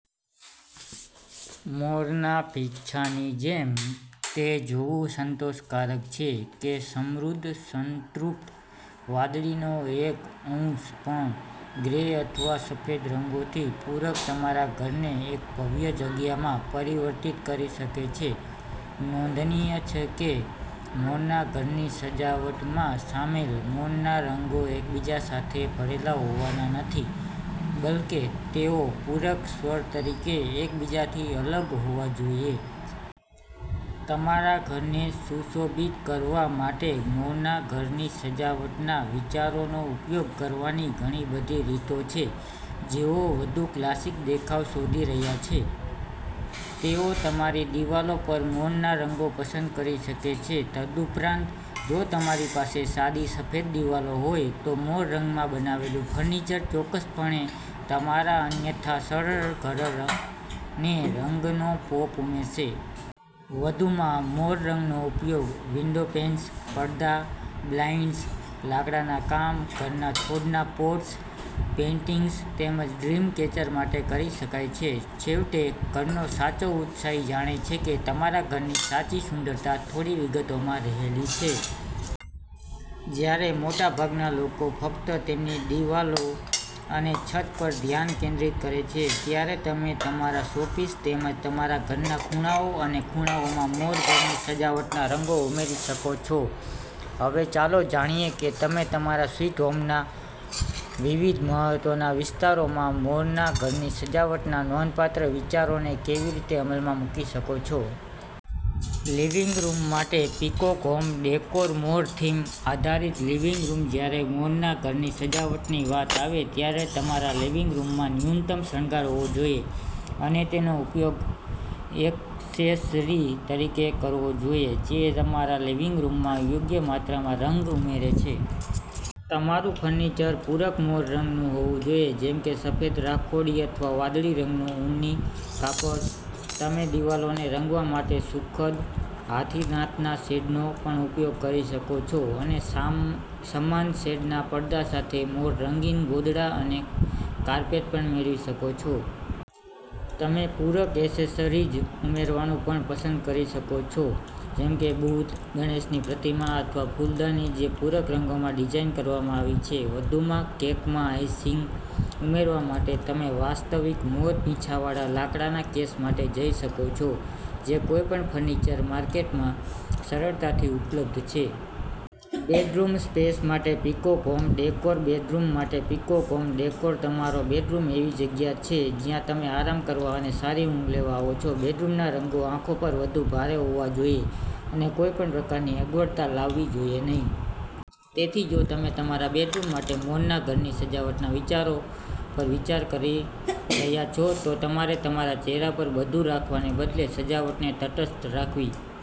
મોરના પીંછાની જેમ, તે જોવું સંતોષકારક છે કે સમૃદ્ધ સંતૃપ્ત વાદળીનો એક ઔંસ પણ, ગ્રે અથવા સફેદ રંગોથી પૂરક તમારા ઘરને એક ભવ્ય જગ્યામાં પરિવર્તિત કરી શકે છે. નોંધનીય છે કે મોરનાં ઘરની સજાવટમાં સામેલ મોરનાં રંગો એકબીજા સાથે ભળેલાં હોવાનાં નથી, બલ્કે, તેઓ પૂરક સ્વર તરીકે એકબીજાથી અલગ હોવા જોઈએ. તમારા ઘરને સુશોભિત કરવા માટે મોરના ઘરની સજાવટના વિચારોનો ઉપયોગ કરવાની ઘણી બધી રીતો છે. જેઓ વધુ ક્લાસિક દેખાવ શોધી રહ્યા છે, તેઓ તમારી દિવાલો પર મોરના રંગો પસંદ કરી શકે છે. તદુપરાંત, જો તમારી પાસે સાદી સફેદ દિવાલો હોય, તો મોર રંગમાં બનાવેલું ફર્નિચર ચોક્કસપણે તમારા અન્યથા સરળ ઘરને રંગનો પોપ ઉમેરશે. વધુમાં, મોર રંગનો ઉપયોગ વિન્ડોપેન્સ, પડદા, બ્લાઇંડ્સ, લાકડાના કામ, ઘરના છોડના પોટ્સ, પેઇન્ટિંગ્સ તેમજ ડ્રીમ કેચર માટે કરી શકાય છે. છેવટે, ઘરનો સાચો ઉત્સાહી જાણે છે કે તમારા ઘરની સાચી સુંદરતા થોડી વિગતોમાં રહેલી છે. જ્યારે મોટાભાગના લોકો ફક્ત તેમની દિવાલો અને છત પર ધ્યાન કેન્દ્રિત કરે છે, ત્યારે તમે તમારા શોપીસ તેમજ તમારા ઘરના ખૂણાઓ અને ખૂણાઓમાં મોર ઘરની સજાવટના રંગો ઉમેરી શકો છો. હવે, ચાલો જાણીએ કે તમે તમારા સ્વીટ હોમના વિવિધ મહત્વના વિસ્તારોમાં મોરનાં ઘરની સજાવટના નોંધપાત્ર વિચારોને કેવી રીતે અમલમાં મૂકી શકો છો. લિવિંગ રૂમ માટે પીકોક હોમ ડેકોર મોર થીમ આધારિત લિવિંગ રૂમ જ્યારે મોરના ઘરની સજાવટની વાત આવે ત્યારે તમારા લિવિંગ રૂમમાં ન્યૂનતમ શણગાર હોવો જોઈએ અને તેનો ઉપયોગ એક્સેસરી તરીકે કરવો જોઈએ જે તમારા લિવિંગ રૂમમાં યોગ્ય માત્રામાં રંગ ઉમેરે છે. તમારું ફર્નિચર પૂરક મોર રંગનું હોવું જોઈએ જેમ કે સફેદ, રાખોડી અથવા વાદળી રંગનું ઊની કાપડ. તમે દિવાલોને રંગવા માટે સુખદ હાથીદાંતના શેડનો પણ ઉપયોગ કરી શકો છો અને સમાન શેડના પડદા સાથે મોર-રંગીન ગોદડા અને કાર્પેટ પણ મેળવી શકો છો. તમે પૂરક એસેસરીઝ ઉમેરવાનું પણ પસંદ કરી શકો છો જેમ કે બુદ્ધ, ગણેશની પ્રતિમા અથવા ફૂલદાની જે પૂરક રંગોમાં ડિઝાઇન કરવામાં આવી છે. વધુમાં, કેકમાં આઈસિંગ ઉમેરવા માટે, તમે વાસ્તવિક મોર પીંછાવાળા લાકડાના કેસ માટે જઈ શકો છો, જે કોઈપણ ફર્નિચર માર્કેટમાં સરળતાથી ઉપલબ્ધ છે. બેડરૂમ સ્પેસ માટે પીકોક હોમ ડેકોર બેડરૂમ માટે પીકોક હોમ ડેકોર તમારો બેડરૂમ એવી જગ્યા છે જ્યાં તમે આરામ કરવા અને સારી ઊંઘ લેવા આવો છો. બેડરૂમના રંગો આંખો પર વધુ ભારે હોવા જોઈએ અને કોઈપણ પ્રકારની અગવડતા લાવવી જોઈએ નહીં. તેથી, જો તમે તમારા બેડરૂમ માટે મોરનાં ઘરની સજાવટનાં વિચારો પર વિચાર કરી રહ્યાં છો, તો તમારે તમારા ચહેરા પર બધું રાખવાને બદલે સજાવટને તટસ્થ રાખવી